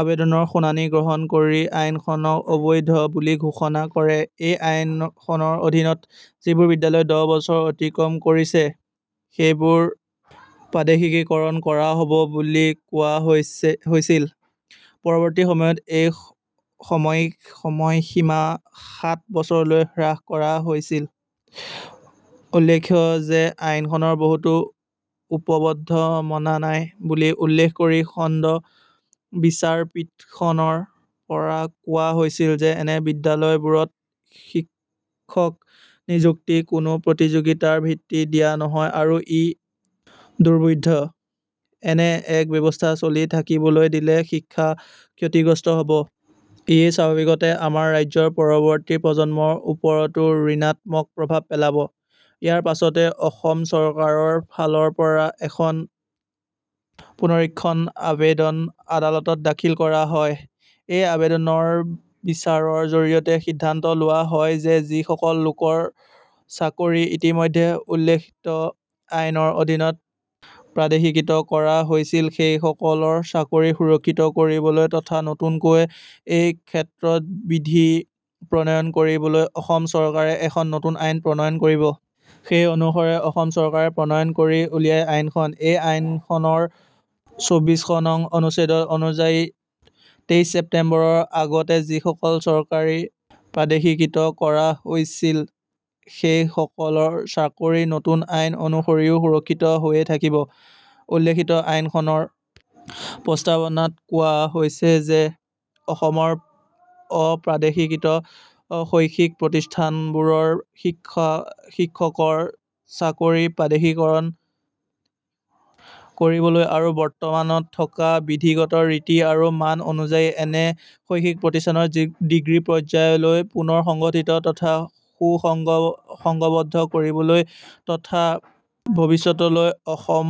আৱেদনৰ শুনানি গ্ৰহণ কৰি আইনখনক অবৈধ বুলি ঘোষণা কৰে। এই আইনখনৰ অধীনত যিবোৰ বিদ্যালয়ে দহ বছৰ অতিক্ৰম কৰিছে, সেইবোৰ প্ৰাদেশিকীকৰণ কৰা হ'ব বুলি কোৱা হৈছিল। পৰৱৰ্তী সময়ত এই সময়সীমা সাত বছৰলৈ হ্ৰাস কৰা হৈছিল। উল্লেখ্য যে আইনখনৰ বহুতো উপবন্ধ মনা নাই বুলি উল্লেখ কৰি খণ্ড বিচাৰপীঠখনৰ পৰা কোৱা হৈছিল যে এনে বিদ্যালয়বোৰত শিক্ষক নিযুক্তি কোনো প্ৰতিযোগিতাৰ ভিত্তি দিয়া নহয় আৰু ই দুৰ্বোধ্য। এনে এক ব্যৱস্থা চলি থাকিবলৈ দিলে শিক্ষা ক্ষতিগ্ৰস্ত হ'ব। ইয়ে স্বাভাৱিকতে আমাৰ ৰাজ্যৰ পৰৱৰ্তী প্ৰজন্মৰ ওপৰতো ঋণাত্মক প্ৰভাৱ পেলাব। ইয়াৰ পাছতে অসম চৰকাৰৰ ফালৰ পৰা এখন পুনৰীক্ষণ আৱেদন আদালতত দাখিল কৰা হয়। এই আৱেদনৰ বিচাৰৰ জৰিয়তে সিদ্ধান্ত লোৱা হয় যে যি‌ সকল লোকৰ চাকৰি ইতিমধ্যে উল্লিখিত আইনৰ অধীনত প্ৰাদেশীকৃত কৰা হৈছিল সেইসকলৰ চাকৰি সুৰক্ষিত কৰিবলৈ তথা নতুনকৈ এই ক্ষেত্ৰত বিধি প্ৰণয়ন কৰিবলৈ অসম চৰকাৰে এখন নতুন আইন প্ৰণয়ন কৰিব। সেই অনুসাৰে অসম চৰকাৰে প্ৰণয়ন কৰি উলিয়ায় আইনখন। এই আইনখনৰ চৌব্বিশ নং অনুচ্ছেদ অনুযায়ী তেইশ ছেপ্টেম্বৰৰ আগতে যিসকলৰ চাকৰি প্ৰাদেশিকৃত কৰা হৈছিল সেই সকলৰ চাকৰি নতুন আইন অনুসৰিও সুৰক্ষিত হৈয়ে থাকিব। উল্লিখিতি আইনখনৰ প্ৰস্তাৱনাত কোৱা হৈছে যে অসমৰ অপ্ৰাদেশীকৃত শৈক্ষিক প্ৰতিষ্ঠানবোৰৰ শিক্ষকৰ চাকৰিৰ প্ৰাদেশিকীকৰণ কৰিবলৈ আৰু বৰ্তমান থকা বিধিগত ৰীতি আৰু মান অনুযায়ী এনে শৈক্ষিক প্ৰতিষ্ঠান ডিগ্ৰী পৰ্য্যায়লৈ পুনৰ সংগঠিত তথা সুসংবদ্ধ কৰিবলৈ তথা ভৱিষ্যতলৈ অসম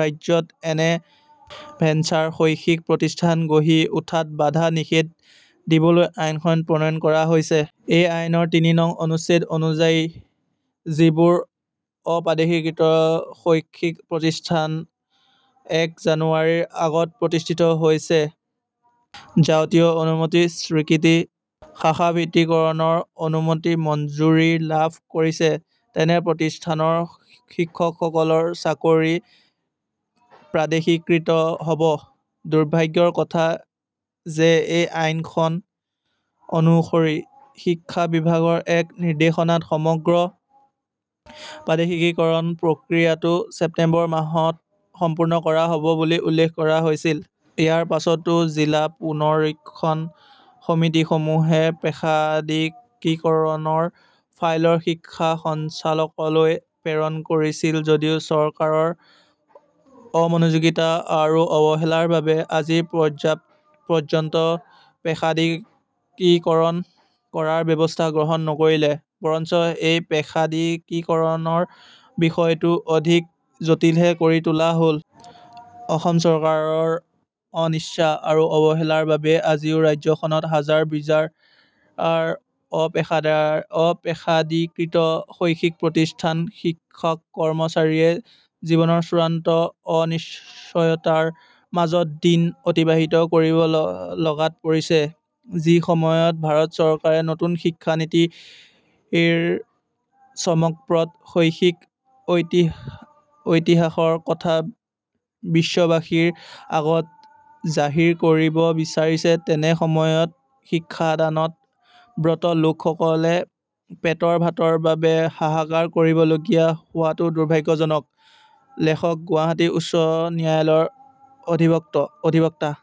ৰাজ্যত এনে ভেঞ্চাৰ শৈক্ষিক প্ৰতিষ্ঠান গঢ়ি উঠাত বাধা নিষেধ দিবলৈ আইনখন প্ৰণয়ন কৰা হৈছে। এই আইনৰ তিনি নং অনুচ্ছেদ অনুযায়ী যিবোৰ অপ্ৰাদেশীকৃত শৈক্ষিক প্ৰতিষ্ঠান এক জানুৱাৰিৰ আগত প্ৰতিষ্ঠিত হৈছে, যাৱতীয় অনুমতি, স্বীকৃতি, শাখাভৰ্তিকৰণৰ অনুমতি মঞ্জুৰি লাভ কৰিছে, তেনে প্ৰতিষ্ঠানৰ শিক্ষকসকলৰ চাকৰি প্ৰাদেশিকৃত হ'ব। দুৰ্ভাগ্যৰ কথা যে এই আইনখন অনুসৰি শিক্ষা বিভাগৰ এক নিৰ্দেশনাত সমগ্ৰ প্ৰাদেশিকীকৰণ প্ৰক্ৰিয়াটো ছেপ্টেম্বৰ মাহত সম্পূৰ্ণ কৰা হ'ব বুলি উল্লেখ কৰা হৈছিল। ইয়াৰ পাছতে জিলা পুনৰীক্ষণ সমিতিসমূহে প্ৰাদেশিকীকৰণৰ ফাইল শিক্ষা সঞ্চালকলৈ প্ৰেৰণ কৰিছিল যদিও চৰকাৰৰ অমনোযোগিতা আৰু অৱহেলাৰ বাবে আজি পৰ্য্যন্ত প্ৰাদেশিকীকৰণ কৰাৰ ব্যৱস্থা গ্ৰহণ নকৰিলে। বৰঞ্চ এই প্ৰাদেশিকীকৰণৰ বিষয়টোক অধিক জটিলহে কৰি তোলা হ'ল। অসম চৰকাৰৰ অনিচ্ছা আৰু অৱহেলাৰ বাবেই আজিও ৰাজ্যখনত হাজাৰ-বিজাৰ অপ্ৰাদেশীকৃত শৈক্ষিক প্ৰতিষ্ঠানৰ শিক্ষক-কৰ্মচাৰীয়ে জীৱনৰ চূড়ান্ত অনিশ্চয়তাৰ মাজত দিন অতিবাহিত কৰিব লগাত পৰিছে। যি সময়ত ভাৰত চৰকাৰে নতুন শিক্ষানীতিৰে চমকপ্ৰদ শৈক্ষিক ঐতিহ্যৰ কথা বিশ্ববাসীৰ আগত জাহিৰ কৰিব বিচাৰিছে, তেনে সময়ত শিক্ষাদানত ব্ৰত লোকসকলে পেটৰ ভাতৰ বাবে হাহাকাৰ কৰিবলগীয়া হোৱাটো দুৰ্ভাগ্যজনক। লেখক গুৱাহাটী উচ্চ ন্যায়ালয়ৰ অধিবক্তা।